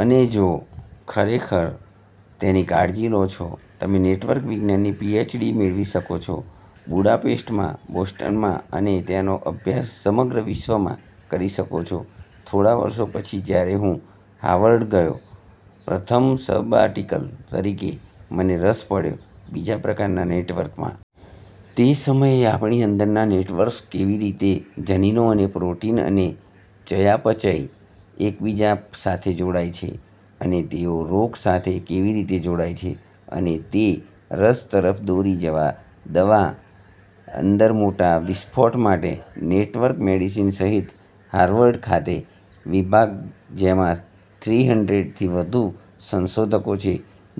અને જો તમે ખરેખર તેની કાળજી લો છો, તમે નેટવર્ક વિજ્ઞાનમાં પીએચડી મેળવી શકો છો બુડાપેસ્ટમાં, બોસ્ટનમાં, અને તમે તેનો અભ્યાસ સમગ્ર વિશ્વમાં કરી શકો છો. થોડા વર્ષો પછી જ્યારે હું હાર્વર્ડ ગયો પ્રથમ સબાટિકલ તરીકે, મને રસ પડ્યો બીજા પ્રકારનાં નેટવર્કમાં. તે સમયે આપણી અંદરનાં નેટવર્ક્સ કેવી રીતે જનીનો અને પ્રોટીન અને ચયાપચય એકબીજા સાથે જોડાય છે અને તેઓ રોગ સાથે કેવી રીતે જોડાય છે. અને તે રસ તરફ દોરી દવા અંદર મોટા વિસ્ફોટ માટે નેટવર્ક મેડિસિન સહિત હાર્વર્ડ ખાતે વિભાગ જેમાં થ્રી હન્ડ્રેડ થી વધુ સંશોધકો છે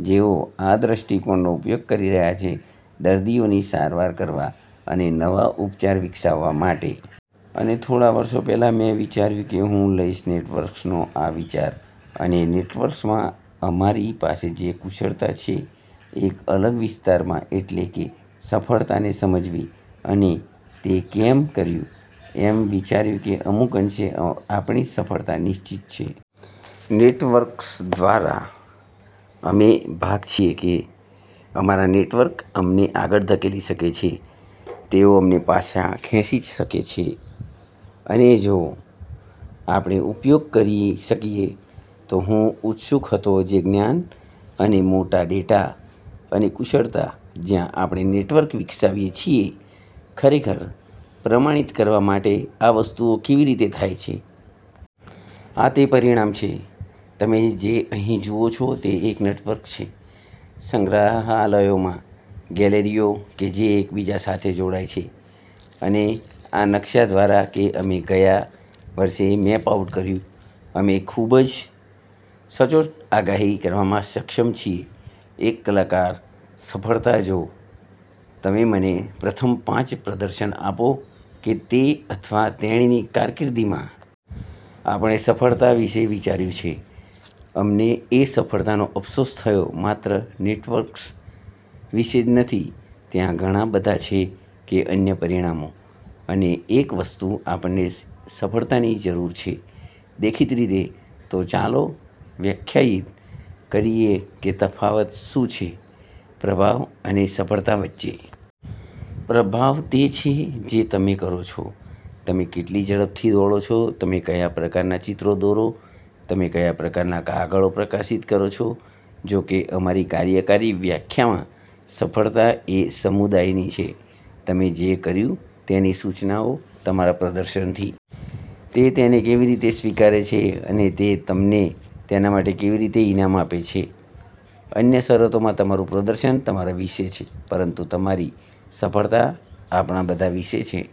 જેઓ આ દ્રષ્ટિકોણનો ઉપયોગ કરી રહ્યા છે દર્દીઓની સારવાર કરવા અને નવા ઉપચાર વિકસાવવા માટે. અને થોડા વર્ષો પહેલા, મેં વિચાર્યું કે હું લઈશ નેટવર્ક્સનો આ વિચાર અને નેટવર્ક્સમાં અમારી પાસે જે કુશળતા છે એક અલગ વિસ્તારમાં એટલે કે સફળતાને સમજવી. અને અમે તે કેમ કર્યું? અમે વિચાર્યું કે અમુક અંશે આપણી સફળતા નિશ્ચિત છે. નેટવર્ક્સ દ્વારા અમે ભાગ છીએ કે અમારા નેટવર્ક અમને આગળ ધકેલી શકે છે, તેઓ અમને પાછા ખેંચી શકે છે. અને જો આપણે ઉપયોગ કરી શકીએ તો હું ઉત્સુક હતો જે જ્ઞાન અને મોટા ડેટા અને કુશળતા જ્યાં આપણે નેટવર્ક વિકસાવીએ છીએ ખરેખર પ્રમાણિત કરવા માટે આ વસ્તુઓ કેવી રીતે થાય છે. આ તે પરિણામ છે. તમે જે અહીં જુઓ છો તે એક નેટવર્ક છે સંગ્રહાલયોમાં ગેલેરીઓ કે જે એકબીજા સાથે જોડાય છે. અને આ નકશા દ્વારા કે અમે ગયા વર્ષે મેપ આઉટ કર્યું. અમે ખૂબ જ સચોટ આગાહી કરવામાં સક્ષમ છીએ એક કલાકાર સફળતા જો તમે મને પ્રથમ પાંચ પ્રદર્શન આપો કે તે અથવા તેણીની કારકીર્દિમાં. આપણે સફળતા વિશે વિચાર્યું છે. અમને એ સફળતાનો અહેસાસ થયો માત્ર નેટવર્ક્સ વિશે જ નથી, ત્યાં ઘણા બધા છે કે અન્ય પરિમાણો. અને એક વસ્તુ આપણને સફળતાની જરૂર છે દેખીતી રીતે. તો ચાલો વ્યાખ્યાયિત કરીએ કે શું તફાવત છે પ્રભાવ અને સફળતા વચ્ચે. પ્રભાવ તે છે જે તમે કરો છો. તમે કેટલી ઝડપથી દોડો છો, તમે કયા પ્રકારનાં ચિત્રો દોરો, તમે કયા પ્રકારનાં કાગળો પ્રકાશિત કરો છો. જોકે અમારી કાર્યકારી વ્યાખ્યામાં સફળતા એ સમુદાયની છે તમે જે કર્યું તેની સૂચનાઓ તમારા પ્રદર્શનથી. તે તેને કેવી રીતે સ્વીકારે છે અને તે તમને તેના માટે કેવી રીતે ઇનામ આપે છે? અન્ય શરતોમાં તમારું પ્રદર્શન તમારા વિશે છે પરંતુ તમારી સફળતા આપણા બધા વિશે છે.